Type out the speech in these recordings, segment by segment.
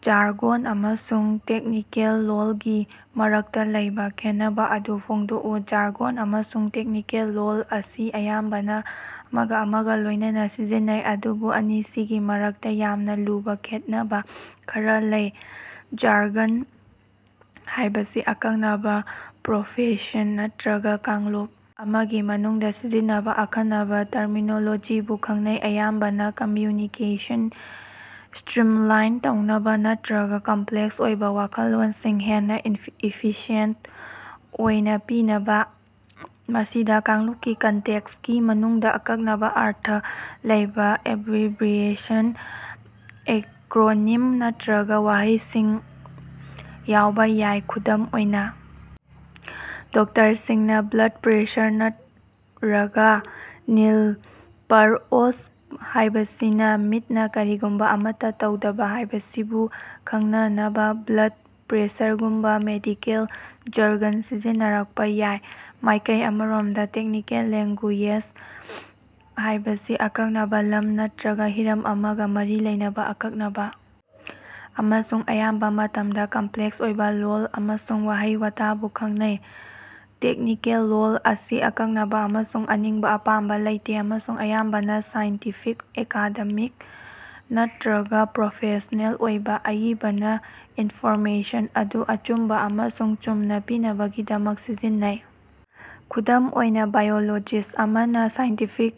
Jargon ꯑꯃꯁꯨꯡ technical ꯂꯣꯜꯒꯤ ꯃꯔꯛꯇꯥ ꯂꯩꯕꯥ ꯈꯦꯠꯅꯕꯥ ꯑꯗꯨ ꯐꯣꯡꯗꯣꯛꯎ꯫ ꯖꯥꯔꯒꯣꯟ ꯑꯃꯁꯨꯡ ꯇꯦꯛꯅꯤꯀꯦꯜ ꯂꯣꯜ ꯑꯁꯤ ꯑꯌꯥꯝꯕꯅꯥ ꯑꯃꯒꯥ ꯑꯃꯒꯥ ꯂꯣꯏꯅꯅꯥ ꯁꯤꯖꯤꯟꯅꯩ ꯑꯗꯨꯕꯨ ꯑꯅꯤꯁꯤꯒꯤ ꯃꯔꯛꯇꯥ ꯌꯥꯝꯅꯥ ꯂꯨꯕꯥ ꯈꯦꯠꯅꯕꯥ ꯈꯔꯥ ꯂꯩ꯫ ꯖꯥꯔꯒꯟ ꯍꯥꯏꯕꯁꯤ ꯑꯀꯛꯅꯕꯥ ꯄ꯭ꯔꯣꯐꯦꯁꯟ ꯅꯠꯇ꯭ꯔꯒꯥ ꯀꯥꯡꯂꯨꯞ ꯑꯃꯒꯤ ꯃꯅꯨꯡꯗꯥ ꯁꯤꯖꯤꯟꯅꯕꯥ ꯑꯈꯟꯅꯕꯥ ꯇꯔꯃꯤꯅꯣꯂꯣꯖꯤꯕꯨ ꯈꯪꯅꯩ ꯑꯌꯥꯝꯕꯅꯥ ꯀꯝꯃ꯭ꯌꯨꯅꯤꯀꯦꯁꯟ ꯁ꯭ꯇꯔꯤꯝꯂꯥꯏꯟ ꯇꯧꯅꯕꯥ ꯅꯠꯇ꯭ꯔꯒꯥ ꯀꯝꯄ꯭ꯂꯦꯛꯁ ꯑꯣꯏꯕꯥ ꯋꯥꯈꯜꯂꯣꯟꯁꯤꯡ ꯍꯦꯟꯅꯥ ꯏꯐꯤꯁꯤꯑꯦꯟꯇ ꯑꯣꯏꯅꯥ ꯄꯤꯅꯕꯥ꯫ ꯃꯁꯤꯗꯥ ꯀꯥꯡꯂꯨꯄꯀꯤ ꯀꯟꯇꯦꯛꯁꯀꯤ ꯃꯅꯨꯡꯗꯥ ꯑꯀꯛꯅꯕꯥ ꯑꯔꯊ ꯂꯩꯕꯥ ꯑꯦꯕꯕ꯭ꯔꯤꯕꯤꯌꯦꯁꯟ ꯑꯦꯀ꯭ꯔꯣꯅꯤꯝ ꯅꯠꯇ꯭ꯔꯒꯥ ꯋꯥꯍꯩꯁꯤꯡ ꯌꯥꯎꯕꯥ ꯌꯥꯏ꯫ ꯈꯨꯗꯝ ꯑꯣꯏꯅꯥ ꯗꯣꯛꯇꯔꯁꯤꯡꯅꯥ ꯕ꯭ꯂꯗ ꯄ꯭ꯔꯦꯁꯔ ꯅꯠꯠꯔꯒꯥ ꯅꯤꯜ ꯄꯔ ꯑꯣꯁ ꯍꯥꯏꯕꯁꯤꯅꯥ ꯃꯤꯠꯅꯥ ꯀꯔꯤꯒꯨꯝꯕꯥ ꯑꯃꯠꯇꯥ ꯇꯧꯗꯕꯥ ꯍꯥꯏꯕꯁꯤꯕꯨ ꯈꯪꯅꯅꯕꯥ ꯕ꯭ꯂꯗ ꯄ꯭ꯔꯦꯁꯔꯒꯨꯝꯕꯥ ꯃꯦꯗꯤꯀꯦꯜ ꯖꯔꯒꯟ ꯁꯤꯖꯤꯟꯅꯔꯛꯄꯥ ꯌꯥꯏ꯫ ꯃꯥꯏꯀꯩ ꯑꯃꯔꯣꯃꯗꯥ ꯇꯦꯛꯅꯤꯀꯦꯜ ꯂꯦꯡꯒꯨꯌꯦꯖ ꯍꯥꯏꯕꯁꯤ ꯑꯀꯛꯅꯕꯥ ꯂꯝ ꯅꯠꯇ꯭ꯔꯒꯥ ꯍꯤꯔꯝ ꯑꯃꯒꯥ ꯃꯔꯤ ꯂꯩꯅꯕꯥ ꯑꯀꯛꯅꯕꯥ ꯑꯃꯁꯨꯡ ꯑꯌꯥꯝꯕꯥ ꯃꯇꯝꯗꯥ ꯀꯝꯄ꯭ꯂꯦꯛꯁ ꯑꯣꯏꯕꯥ ꯂꯣꯜ ꯑꯃꯁꯨꯡ ꯋꯥꯍꯩ ꯋꯥꯇꯥꯕꯨ ꯈꯪꯅꯩ꯫ ꯇꯦꯛꯅꯤꯀꯦꯜ ꯂꯣꯜ ꯑꯁꯤ ꯑꯀꯛꯅꯕꯥ ꯑꯃꯁꯨꯡ ꯑꯅꯤꯡꯕꯥ ꯑꯄꯥꯝꯕꯥ ꯂꯩꯇꯦ ꯑꯃꯁꯨꯡ ꯑꯌꯥꯝꯕꯅꯥ ꯁꯥꯏꯟꯇꯤꯐꯤꯛ ꯑꯦꯀꯥꯗꯦꯃꯤꯛ ꯅꯠꯇ꯭ꯔꯒꯥ ꯄ꯭ꯔꯣꯐꯦꯁꯅꯦꯜ ꯑꯣꯏꯕꯥ ꯑꯏꯕꯗꯥ ꯏꯟꯐꯣꯔꯃꯦꯁꯟ ꯑꯗꯨ ꯑꯆꯨꯝꯕꯥ ꯑꯃꯁꯨꯡ ꯆꯨꯝꯅꯥ ꯄꯤꯅꯕꯒꯤꯗꯃꯛ ꯁꯤꯖꯤꯟꯅꯩ꯫ ꯈꯨꯗꯝ ꯑꯣꯏꯅꯥ ꯕꯥꯏꯑꯣꯂꯣꯖꯤꯁ꯭ꯠ ꯑꯃꯅꯥ ꯁꯥꯏꯟꯇꯤꯐꯤꯛ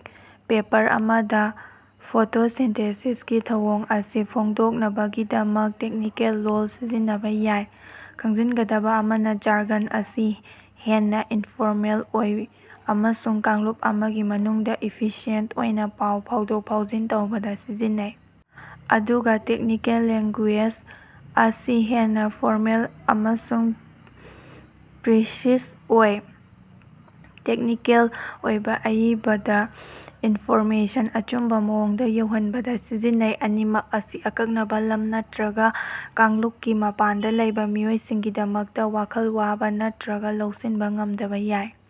ꯄꯦꯄꯔ ꯑꯃꯗꯥ ꯐꯣꯇꯣꯁꯤꯟꯊꯦꯁꯤꯁꯀꯤ ꯊꯧꯑꯣꯡ ꯑꯁꯤ ꯐꯣꯡꯗꯣꯛꯅꯕꯒꯤꯗꯃꯛ ꯇꯦꯛꯅꯤꯀꯦꯜ ꯂꯣꯜ ꯁꯤꯖꯤꯟꯅꯕꯥ ꯌꯥꯏ꯫ ꯈꯪꯖꯤꯟꯒꯗꯕꯥ ꯑꯃꯅꯥ ꯖꯥꯔꯒꯟ ꯑꯁꯤ ꯍꯦꯟꯅꯥ ꯏꯟꯐꯣꯔꯃꯦꯜ ꯑꯣꯏ ꯑꯃꯁꯨꯡ ꯀꯥꯡꯂꯨꯞ ꯑꯃꯒꯤ ꯃꯅꯨꯡꯗꯥ ꯏꯐꯤꯁꯤꯑꯦꯟꯠ ꯑꯣꯏꯅꯥ ꯄꯥꯎ ꯐꯥꯎꯗꯣꯛ ꯐꯥꯎꯖꯤꯟ ꯇꯧꯕꯗꯥ ꯁꯤꯖꯤꯟꯅꯩ ꯑꯗꯨꯒꯥ ꯇꯦꯛꯅꯤꯀꯦꯜ ꯂꯦꯡꯒꯨꯌꯦꯖ ꯑꯁꯤ ꯍꯦꯟꯅꯥ ꯐꯣꯔꯃꯦꯜ ꯑꯃꯁꯨꯡ ꯄ꯭ꯔꯤꯁꯤꯖ ꯑꯣꯏ ꯇꯦꯛꯅꯤꯀꯦꯜ ꯑꯣꯏꯕꯥ ꯑꯏꯕꯗꯥ ꯏꯟꯐꯣꯔꯃꯦꯁꯟ ꯑꯆꯨꯝꯕꯥ ꯃꯑꯣꯡꯗꯥ ꯌꯧꯍꯟꯕꯗꯥ ꯁꯤꯖꯤꯟꯅꯩ꯫ ꯑꯅꯤꯃꯛ ꯑꯁꯤ ꯑꯀꯛꯅꯕꯥ ꯂꯝ ꯅꯠꯇ꯭ꯔꯒꯥ ꯀꯥꯡꯂꯨꯞꯀꯤ ꯃꯄꯥꯟꯗꯥ ꯂꯩꯕꯥ ꯃꯤꯑꯣꯏꯁꯤꯡꯒꯤꯗꯃꯛꯇꯥ ꯋꯥꯈꯜ ꯋꯥꯕꯥ ꯅꯠꯇ꯭ꯔꯒꯥ ꯂꯧꯁꯤꯟꯕꯥ ꯉꯝꯗꯕꯥ ꯌꯥꯏ꯫